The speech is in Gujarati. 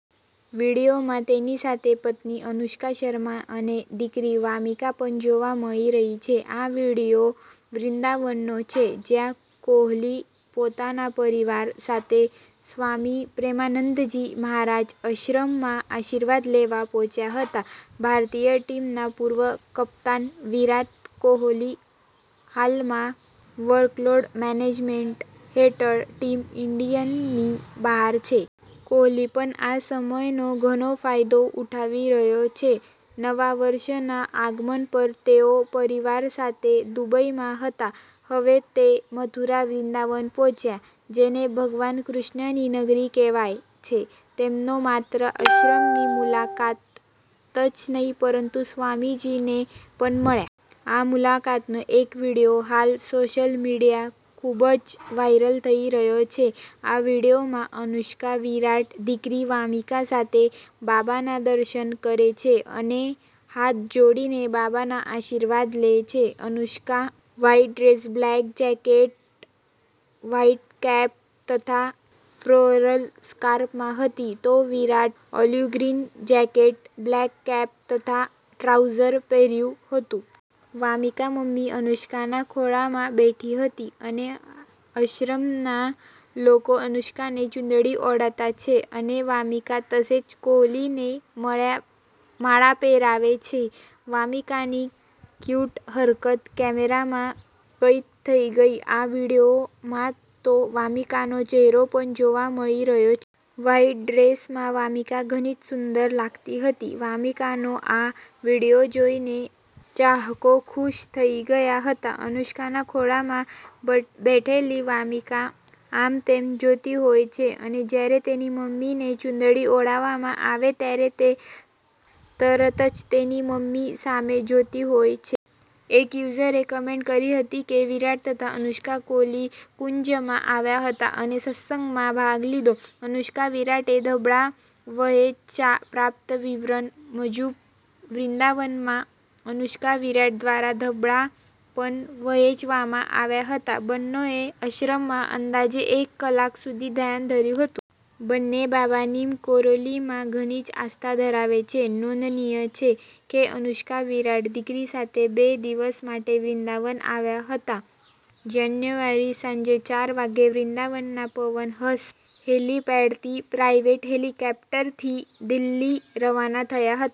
વીડિયોમાં તેની સાથે પત્ની અનુષ્કા શર્મા અને દીકરી વામિકા પણ જોવા મળી રહી છે. આ વીડિયો વૃંદાવન નો છે, જ્યાં કોહલી પોતાના પરિવાર સાથે સ્વામી પ્રેમાનંદજી મહારાજ આશ્રમમાં આશીર્વાદ લેવા પહોંચ્યા હતા. ભારતીય ટીમના પૂર્વ કેપ્ટન વિરાટ કોહલી હાલમાં વર્કલોડ મેનેજમેન્ટ હેઠળ ટીમ ઈન્ડિયાની બહાર છે. કોહલી પણ આ સમયનો ઘણો ફાયદો ઉઠાવી રહ્યો છે. નવા વર્ષના આગમન પર તેઓ પરિવાર સાથે દુબઈમાં હતા. હવે તે મથુરા-વૃંદાવન પહોંચ્યા, જેને ભગવાન કૃષ્ણની નગરી કહેવાય છે. તેમણે માત્ર આશ્રમની મુલાકાત જ નહિ, પરંતુ સ્વામીજીને પણ મળ્યા. આ મુલાકાતનો એક વીડિયો હાલ સોશિયલ મીડિયા પર ખુબ જ વાઇરલ થઈ રહ્યો છે. આ વીડિયોમાં અનુષ્કા-વિરાટ દીકરી વામિકા સાથે બાબાના દર્શન કરે છે અને હાથ જોડીને બાબાના આશીર્વાદ લે છે. Anushka white dress, black jacket, white cap તથા ફ્લોરલ સ્કાર્ફમાં હતી તો Virat olive green jacket, black cap તથા ટ્રાઉઝર પહેર્યું હતું. વામિકા મમ્મી અનુષ્કાના ખોળામાં બેઠી હતી અને આશ્રમના લોકો અનુષ્કાને ચુંદડી ઓઢાડે છે અને વામિકા તેમજ કોહલીને માળા પહેરાવે છે. વામિકાની ક્યૂટ હરકત કેમેરામાં કેદ થઈ: આ વિડીયોમાં તો વામીકાનો ચેહરો પણ જોવા મળી રહ્યો છે. વ્હાઇટ ડ્રેસમાં વામિકા ઘણી જ સુંદર લાગતી હતી. વામિકાનો આ વીડિયો જોઈને ચાહકો ખુશ થઈ ગયા હતા. અનુષ્કાના ખોળામાં બેઠેલી વામિકા આમતેમ જોતી હોય છે અને જ્યારે તેની મમ્મીને ચુંદડી ઓઢાડવામાં આવે ત્યારે તે તરત જ તેની મમ્મી સામે જોતી હોય છે. એક યુઝરે કમેન્ટ કરી હતી કે વિરાટ તથા અનુષ્કા કેલી કુંજમાં આવ્યા હતા અને સત્સંગમાં ભાગ લીધો. અનુષ્કા-વિરાટે ધાબળા વહેંચ્યા: પ્રાપ્ત વિગતો મુજબ, વૃંદાવનમાં અનુષ્કા-વિરાટ દ્વારા ધાબળા પણ વહેચવામાં આવ્યા હતા. બંનેએ આશ્રમમાં અંદાજે એક કલાક સુધી ધ્યાન ધર્યું હતું. બંને બાબા નીમ કરોલીમાં ઘણી જ આસ્થા ધરાવે છે. નોંધનીય છે કે અનુષ્કા-વિરાટ દીકરી સાથે બે દિવસ માટે વૃંદાવન આવ્યા હતા. જાન્યુઆરીની સાંજે ચાર વાગે વૃંદાવનના પવન હંસ હેલિપેડથી પ્રાઇવેટ હેલિકોપ્ટરથી દિલ્હી રવાના થયા હતા.